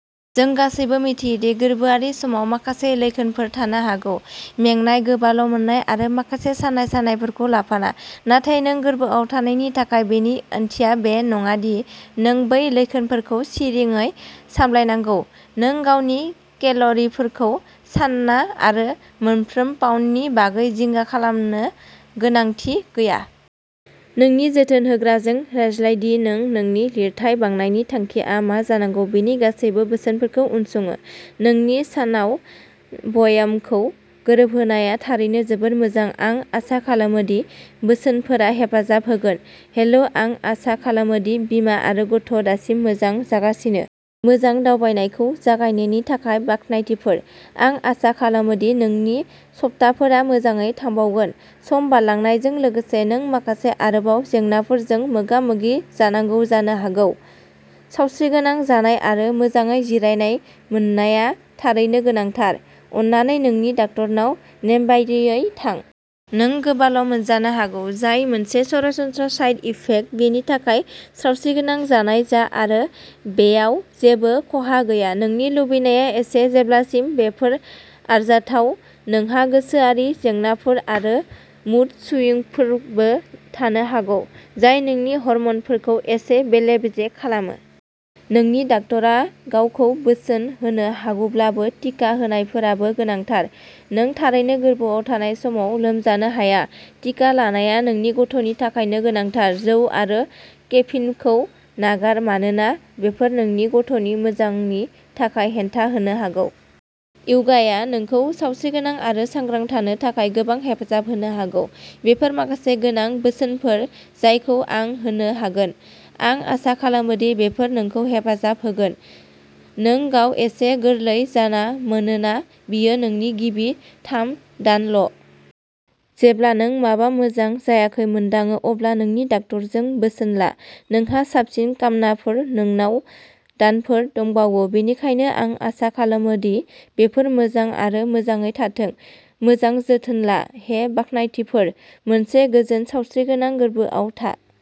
जों गासैबो मिथियो दि गोर्बोआरि समाव माखासे लैखोनफोर थानो हागौ। मेंनाय, गोबाल'मोननाय, आरो माखासे सानाय-सानायफोरखौ लाफाना। नाथाय नों गोर्बोआव थानायनि थाखाय, बेनि ओंथिया बे नङा दि नों बै लैखोनफोरखौ सिरिङै सामलायनांगौ। नों गावनि केल'रिफोरखौ सान्ना आरो मोनफ्रोम पाउन्दनि बागै जिंगा खालामनो गोनांथि गैया। नोंनि जोथोन होग्राजों रायज्लाय दि नों नोंनि लिरथाय बांनायनि थांखिआ मा जानांगौ बेनि गासैबो बोसोनफोरखौ उनसङो। नोंनि सानाव ब्यामखौ गोरोबहोनाया थारैनो जोबोद मोजां। आं आसा खालामो दि बोसोनफोरा हेफाजाब होगोन। हेलो! आं आसा खालामो दि बिमा आरो गथ'आ दासिम मोजां जागासिनो! मोजां दावबायनायखौ जागायनायनि थाखाय बाख्नायथिफोर। आं आसा खालामो दि नोंनि सप्ताफोरा मोजाङै थांबावगोन। सम बारलांनायजों लोगोसे नों माखासे आरोबाव जेंनाफोरजों मोगा-मोगि जानांगौ जानो हागौ। सावस्रिगोनां जानाय आरो मोजाङै जिरायनाय मोननाया थारैनो गोनांथार। अन्नानै नोंनि डाक्टारनाव नेमबादियै थां। नों गोबाल'मोनजानो हागौ जाय मोनसे सरासनस्रा साइड इफेक्ट, बेनि थाखाय सावस्रिगोनां जानाय जा आरो बेयाव जेबो खहा गैया। नोंनि लुबैनाया एसे। जेब्लासिम बेफोर आरजाथाव। नोंहा गोसोआरि जेंनाफोर आरो मुड स्विंगफोरबो थानो हागौ, जाय नोंनि हर्मोनफोरखौ एसे बेले-बेजे खालामो। नोंनि डाक्टारा गावखौ बोसोन होनो हागौब्लाबो, टिका होनायफोराबो गोनांथार। नों थारैनो गोर्बोआव थानाय समाव लोमजानो हाया। टिका लानाया नोंनि गथ'नि थाखायबो गोनांथार। जौ आरो केफिनखौ नागार मानोना बेफोर नोंनि गथ'नि मोजांनि थाखाय हेंथा होनो हागौ। य'गाया नोंखौ सावस्रिगोनां आरो सांग्रां थानो थाखाय गोबां हेफाजाब होनो हागौ। बेफोर माखासे गोनां बोसोनफोर जायखौ आं होनो हागोन। आं आसा खालामो दि बेफोर नोंखौ हेफाजाब होगोन। नोंगाव एसे गोरलै जा मानोना बेयो नोंनि गिबि थाम-दानल'। जेब्ला नों माबा मोजां जायाखै मोनदाङो अब्ला नोंनि डक्ट'रजों बोसोन ला। नोंहा साबसिन कामनाफोर। नोंनाव दानफोर दंबावो, बेनिखायनो आं आसा खालामो दि बेफोर मोजां आरो मोजाङै थांथों। मोजां जोथोन ला! हे, बाख्नायथिफोर!!! मोनसे गोजोन सावस्रिगोनां गोर्बोआव था।